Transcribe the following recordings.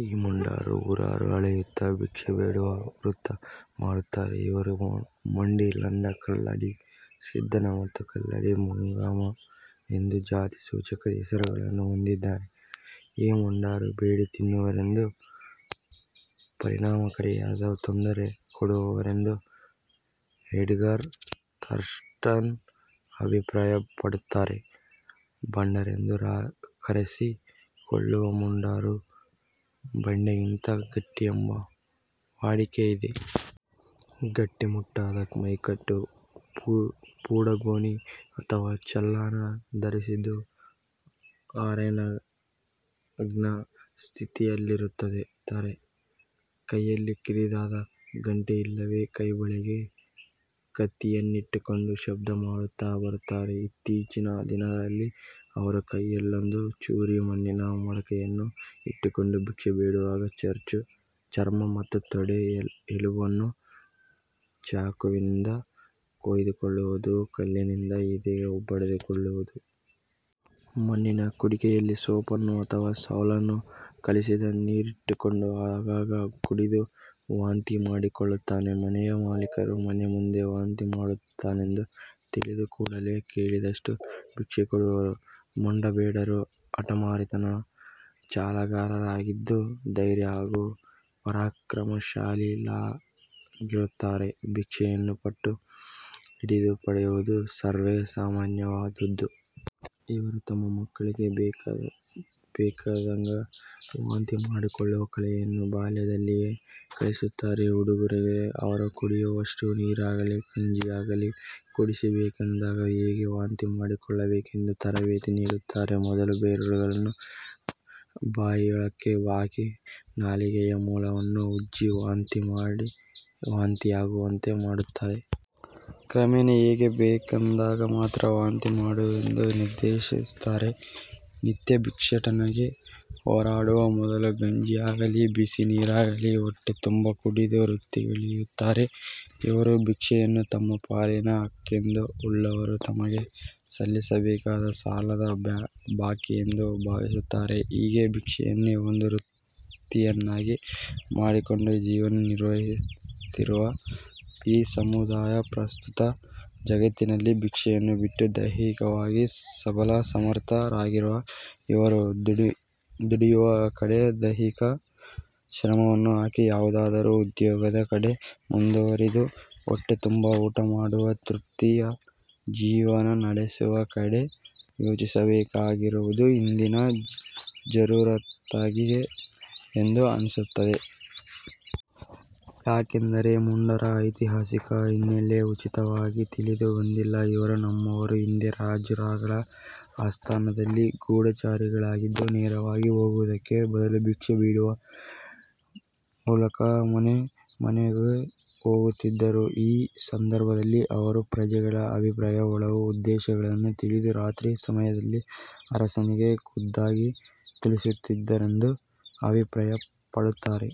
ಈ ಮೊಂಡರು ಊರೂರು ಅಲೆಯುತ್ತ ಭಿಕ್ಷೆ ಬೇಡುವ ವೃತ್ತಿ ಮಾಡುತ್ತಾರೆ. ಇವರು ಮೊಂಡಿ, ಲಾಂಡ, ಕಲ್ಲಾಡಿ, ಸಿದ್ದಾಣ ಮತ್ತು ಕಲ್ಲಾಡಿ ಮುಂಗಾಮ ಎಂದೂ ಜಾತಿ ಸೂಚಕ ಹೆಸರುಗಳನ್ನು ಹೊಂದಿದ್ದಾರೆ. "ಈ ಮೊಂಡರು ಬೇಡಿ ತಿನ್ನುವವರೆಂದು ಪರಿಣಾಮಕಾರಿಯಾದ ತೊಂದರೆ ಕೊಡುವವರೆಂದು" ಎಡ್ಗರ್ ಥರ್ಸ್ಟನ್ ಅಭಿಪ್ರಾಯ ಪಡುತ್ತಾರೆ. ಬಂಡರೆಂದು ಕರೆಸಿ ಕೊಳ್ಳುವ ಮೊಂಡರು ಬಂಡೆಗಿಂತ ಗಟ್ಟಿಯೆಂಬ ವಾಡಿಕೆಯಿದೆ. ಗಟ್ಟಿಮುಟ್ಟಾದ ಮೈಕಟ್ಟು ಪುಡಗೋನಿ ಅಥವಾ ಚಲ್ಲಾಣ ಧರಿಸಿದ್ದು ಅರೆನಗ್ನ ಸ್ಥಿತಿಯಲ್ಲಿರುತ್ತಾರೆ. ಕೈಯಲ್ಲಿ ಕಿರಿದಾದ ಗಂಟೆ ಇಲ್ಲವೆ ಕೈಬಳೆಗೆ ಕತ್ತಿಯನ್ನಿಟ್ಟುಕೊಂಡು ಶಬ್ದ ಮಾಡುತ್ತಾ ಬರುತ್ತಾರೆ. ಇತ್ತೀಚಿನ ದಿನಗಳಲ್ಲಿ ಅವರು ಕೈಯಲ್ಲೊಂದು ಚೂರಿ ಮಣ್ಣಿನ ಮಡಕೆಯನ್ನು ಇಟ್ಟುಕೊಂಡು ಭಿಕ್ಷೆ ಬೇಡುವಾಗ ಚರ್ಮ ಮತ್ತು ತೊಡೆ ಎಲುಬನ್ನು ಚಾಕುವಿನಿಂದ ಕೊಯ್ದುಕೊಳ್ಳುವುದು ಕಲ್ಲಿನಿಂದ ಎದೆಗೆ ಬಡಿದುಕೊಳ್ಳುವುದು. ಮಣ್ಣಿನ ಕುಡಿಕೆಯಲ್ಲಿ ಸೋಪನ್ನು ಅಥವಾ ಸೌಳನ್ನು ಕಲಿಸಿದ ನೀರಿಟ್ಟುಕೊಂಡು ಆಗಾಗ ಕುಡಿದು ವಾಂತಿ ಮಾಡಿಕೊಳ್ಳುತ್ತಾನೆ. ಮನೆಯ ಮಾಲಿಕರು ಮನೆ ಮುಂದೆ ವಾಂತಿ ಮಾಡುತ್ತಾನೆಂದು ತಿಳಿದು ಕೂಡಲೇ ಕೇಳಿದಷ್ಟು ಭಿಕ್ಷೆ ಕೊಡುವರು. ಮೊಂಡ ಬೇಡರು ಹಟಮಾರಿತನ, ಛಲಗಾರರಾಗಿದ್ದು, ಧೈರ್ಯ ಹಾಗೂ ಪರಾಕ್ರಮಶಾಲಿಗಳಾಗಿರುತ್ತಾರೆ. ಭಿಕ್ಷೆಯನ್ನು ಪಟ್ಟು ಹಿಡಿದು ಪಡೆಯುವುದು ಸರ್ವೇ ಸಾಮಾನ್ಯವಾದುದು. ಇವರು ತಮ್ಮ ಮಕ್ಕಳಿಗೆ ಬೇಕೆಂದಾಗ ವಾಂತಿ ಮಾಡಿಕೊಳ್ಳುವ ಕಲೆಯನ್ನು ಬಾಲ್ಯ ದಲ್ಲಿಯೇ ಕಲಿಸುತ್ತಾರೆ. ಹುಡುಗರಿಗೆ ಅವರು ಕುಡಿಯುವಷ್ಟು ನೀರಾಗಲಿ, ಗಂಜಿಯಾಗಲಿ ಕುಡಿಸಿ ಬೇಕೆಂದಾಗ ಹೇಗೆ ವಾಂತಿ ಮಾಡಿಕೊಳ್ಳಬೇಕೆಂದು ತರಬೇತಿ ನೀಡುತ್ತಾರೆ. ಮೊದಲು ಬೆರಳುಗಳನ್ನು ಬಾಯಿಯೊಳಕ್ಕೆ ಹಾಕಿ, ನಾಲಿಗೆಯ ಮೂಲವನ್ನು ಉಜ್ಜಿ, ಒತ್ತಿ, ವಾಂತಿ ಯಾಗುವಂತೆ ಮಾಡುತ್ತಾರೆ. ಕ್ರಮೇಣ ಹೇಗೆ ಬೇಕೆಂದಾಗ ಮಾತ್ರ ವಾಂತಿ ಮಾಡುವುದೆಂದು ನಿರ್ದೇಶಿಸುತ್ತಾರೆ. ನಿತ್ಯ ಭಿಕ್ಷಾಟನೆಗೆ ಹೊರಡುವ ಮೊದಲು ಗಂಜಿಯಾಗಲಿ ಬಿಸಿ ನೀರಾಗಲಿ ಹೊಟ್ಟೆ ತುಂಬ ಕುಡಿದು ವೃತ್ತಿಗಿಳಿಯುತ್ತಾರೆ. ಇವರು ಭಿಕ್ಷೆಯನ್ನು ತಮ್ಮ ಪಾಲಿನ ಹಕ್ಕೆಂದು ಉಳ್ಳವರು ತಮಗೆ ಸಲ್ಲಿಸಬೇಕಾದ ಸಾಲದ ಬಾಕಿಯೆಂದು ಭಾವಿಸುತ್ತಾರೆ. ಹೀಗೆ ಭಿಕ್ಷೆಯನ್ನೇ ಒಂದು ವೃತ್ತಿಯನ್ನಾಗಿ ಮಾಡಿಕೊಂಡು ಜೀವನ ನಿರ್ವಹಿಸುತ್ತಿರುವ ಈ ಸಮುದಾಯ ಪ್ರಸ್ತುತ ಜಗತ್ತಿನಲ್ಲಿ ಭಿಕ್ಷೆಯನ್ನು ಬಿಟ್ಟು ದೈಹಿಕವಾಗಿ ಸಬಲ ಸಮರ್ಥ ರಾಗಿರುವ ಇವರು ದುಡಿಯುವ ಕಡೆ ದೈಹಿಕ ಶ್ರಮವನ್ನು ಹಾಕಿ ಯಾವುದಾದರೂ ಉದ್ಯೋಗದ ಕಡೆ ಮುಂದುವರಿದು ಹೊಟ್ಟೆ ತುಂಬ ಊಟ ಮಾಡುವ ತೃಪ್ತಿಯ ಜೀವನ ನಡೆಸುವ ಕಡೆ ಯೋಚಿಸಬೇಕಾಗಿರುವುದು ಇಂದಿನ ಜರೂರತ್ತಾಗಿದೆ ಎಂದು ಅನಿಸುತ್ತದೆ. ಯಾಕೆಂದರೆ ಮೊಂಡರ ಐತಿಹಾಸಿಕ ಹಿನ್ನೆಲೆ ಖಚಿತವಾಗಿ ತಿಳಿದು ಬಂದಿಲ್ಲ ಇವರು "ನಮ್ಮವರು ಹಿಂದೆ ರಾಜರುಗಳ ಆಸ್ಥಾನದಲ್ಲಿ ಗೂಢಾಚಾರಿಗಳಾಗಿದ್ದು ನೇರವಾಗಿ ಹೋಗುವುದಕ್ಕೆ ಬದಲು ಭಿಕ್ಷೆ ಬೇಡುವ ಮೂಲಕ ಮನೆ ಮನೆಗೆ ಹೋಗುತ್ತಿದ್ದರು. ಈ ಸಂದರ್ಭದಲ್ಲಿ ಅವರು ಪ್ರಜೆಗಳ ಅಭಿಪ್ರಾಯ, ಒಲವು ಉದ್ದೇಶಗಳನ್ನು ತಿಳಿದು ರಾತ್ರಿ ಸಮಯದಲ್ಲಿ ಅರಸನಿಗೆ ಖುದ್ದಾಗಿ ತಿಳಿಸುತ್ತಿದ್ದರೆಂದು" ಅಭಿಪ್ರಾಯಪಡುತ್ತಾರೆ.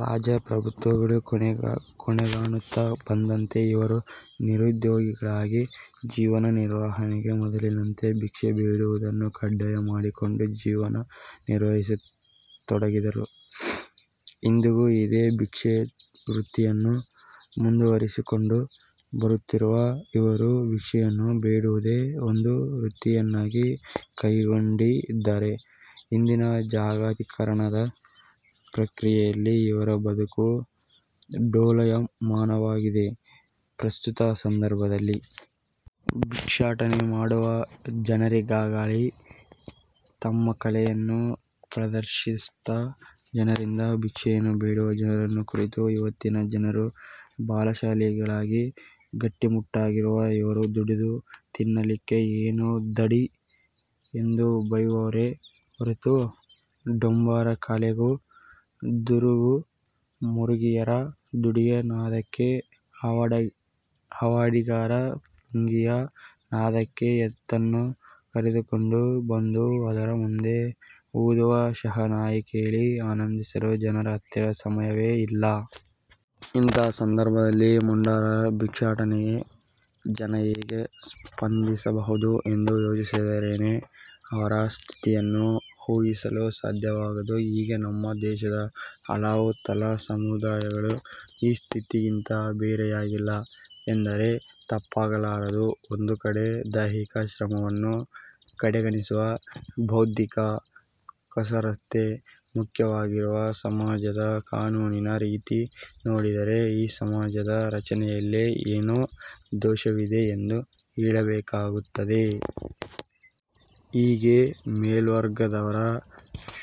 ರಾಜಪ್ರಭುತ್ವಗಳು ಕೊನೆಗಾಣುತ್ತಾ ಬಂದಂತೆ ಇವರು ನಿರುದ್ಯೋಗಿಗಳಾಗಿ ಜೀವನ ನಿರ್ವಹಣೆಗೆ ಮೊದಲಿನಂತೆ ಭಿಕ್ಷೆ ಬೇಡುವುದನ್ನು ಕಡ್ಡಾಯ ಮಾಡಿಕೊಂಡು ಜೀವನ ನಿರ್ವಹಿಸತೊಡಗಿದರು. ಇಂದಿಗೂ ಇದೇ ಭಿಕ್ಷಾವೃತ್ತಿಯನ್ನು ಮುಂದುವರಿಸಿಕೊಂಡು ಬರುತ್ತಿರುವ ಇವರು ಭಿಕ್ಷೆಯನ್ನು ಬೇಡುವುದೇ ಒಂದು ವೃತ್ತಿಯನ್ನಾಗಿ ಕೈಗೊಂಡಿದ್ದಾರೆ. ಇಂದಿನ ಜಾಗತೀಕರಣದ ಪ್ರಕ್ರಿಯೆಯಲ್ಲಿ ಇವರ ಬದುಕು ಡೋಲಾಯಮಾನವಾಗಿದೆ. ಪ್ರಸ್ತುತ ಸಂದರ್ಭದಲ್ಲಿ ಭಿಕ್ಷಾಟನೆ ಮಾಡುವ ಜನರಿಗಾಗಲಿ ತಮ್ಮ ಕಲೆಯನ್ನು ಪ್ರದರ್ಶಿಸುತ್ತಾ ಜನರಿಂದ ಭಿಕ್ಷೆಯನ್ನು ಬೇಡುವ ಜನರನ್ನು ಕುರಿತು ಇವತ್ತಿನ ಜನರು ಬಲಶಾಲಿಗಳಾಗಿ ಗಟ್ಟಿಮುಟ್ಟಾಗಿರುವ ಇವರು ದುಡಿದು ತಿನ್ನಲಿಕ್ಕೆ ಏನು ಧಾಡಿ ಎಂದು ಬೈಯುವರೆ ಹೊರತು ಡೊಂಬರ ಕಲೆಗೂ, ದುರುಗು ಮುರುಗಿಯರ ದುಡಿಯ ನಾದಕ್ಕೆ, ಹಾವಾಡಿಗರ ಪುಂಗಿಯ ನಾದಕ್ಕೆ ಎತ್ತನ್ನು ಕರೆದುಕೊಂಡು ಬಂದು ಅದರ ಮುಂದೆ ಊದುವ ಶಹನಾಯಿ ಕೇಳಿ ಆನಂದಿಸಲು ಜನರ ಹತ್ತಿರ ಸಮಯವೇ ಇಲ್ಲ. ಇಂಥ ಸಂದರ್ಭದಲ್ಲಿ ಮೊಂಡರ ಭಿಕ್ಷಾಟನೆಗೆ ಜನ ಹೇಗೆ ಸ್ಪಂದಿಸಬಹುದು ಎಂದು ಯೋಚಿಸಿದರೇನೆ ಅವರ ಸ್ಥಿತಿಯನ್ನು ಊಹಿಸಲು ಸಾಧ್ಯವಾಗದು. ಹೀಗೆ ನಮ್ಮ ದೇಶದ ಹಲವು ತಳಸಮುದಾಯಗಳು ಈ ಸ್ಥಿತಿಗಿಂತ ಬೇರೆಯಾಗಿಲ್ಲ ಎಂದರೆ ತಪ್ಪಾಗಲಾರದು. ಒಂದು ಕಡೆ ದೈಹಿಕ ಶ್ರಮವನ್ನು ಕಡೆಗಣಿಸುವ ಬೌದ್ದಿಕ ಕಸರತ್ತೆ ಮುಖ್ಯವಾಗಿರುವ ಸಮಾಜದ ಕಾನೂನಿನ ರೀತಿ ನೋಡಿದರೆ ಈ ಸಮಾಜದ ರಚನೆಯಲ್ಲೇ ಏನೋ ದೋಷವಿದೆ ಎಂದು ಹೇಳಬೇಕಾಗುತ್ತದೆ. ಹೀಗೆ ಮೇಲ್ವರ್ಗದವರ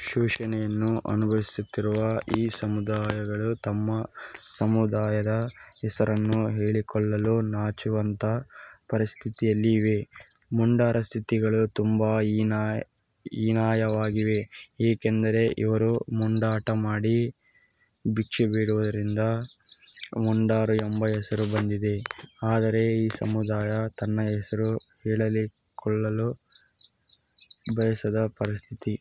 ಶೋಷಣೆಯನ್ನು ಅನುಭವಿಸುತ್ತಿರುವ ಈ ಸಮುದಾಯಗಳು ತಮ್ಮ ಸಮುದಾಯದ ಹೆಸರನ್ನು ಹೇಳಿಕೊಳ್ಳಲು ನಾಚುವಂತ ಪರಿಸ್ಥಿತಿಯಲ್ಲಿ ಇವೆ. ಮೊಂಡರ ಸ್ಥಿತಿಗಳು ತುಂಬಾ ಹೀನಾಯವಾಗಿವೆ. ಏಕೆಂದರೆ ಇವರು ಮೊಂಡಾಟ ಮಾಡಿ ಭಿಕ್ಷೆ ಬೇಡುವುದರಿಂದ ಮೊಂಡರು ಎಂಬ ಹೆಸರು ಬಂದಿದೆ. ಆದರೆ ಈ ಸಮುದಾಯ ತನ್ನ ಹೆಸರು ಹೇಳಿಕೊಳ್ಳಲು ಬಯಸದ ಪರಿಸ್ಥಿತಿ.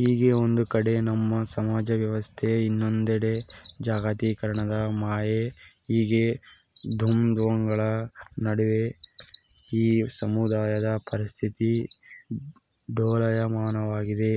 ಹೀಗೆ ಒಂದು ಕಡೆ ನಮ್ಮ ಸಮಾಜ ವ್ಯವಸ್ಥೆ ಇನ್ನೊಂದೆಡೆ ಜಾಗತೀಕರಣದ ಮಾಯೆ, ಹೀಗೆ ದ್ವಂದ್ವಗಳ ನಡುವೆ ಈ ಸಮುದಾಯದ ಪರಿಸ್ಥಿತಿ ಡೋಲಾಯಮಾನವಾಗಿದೆ.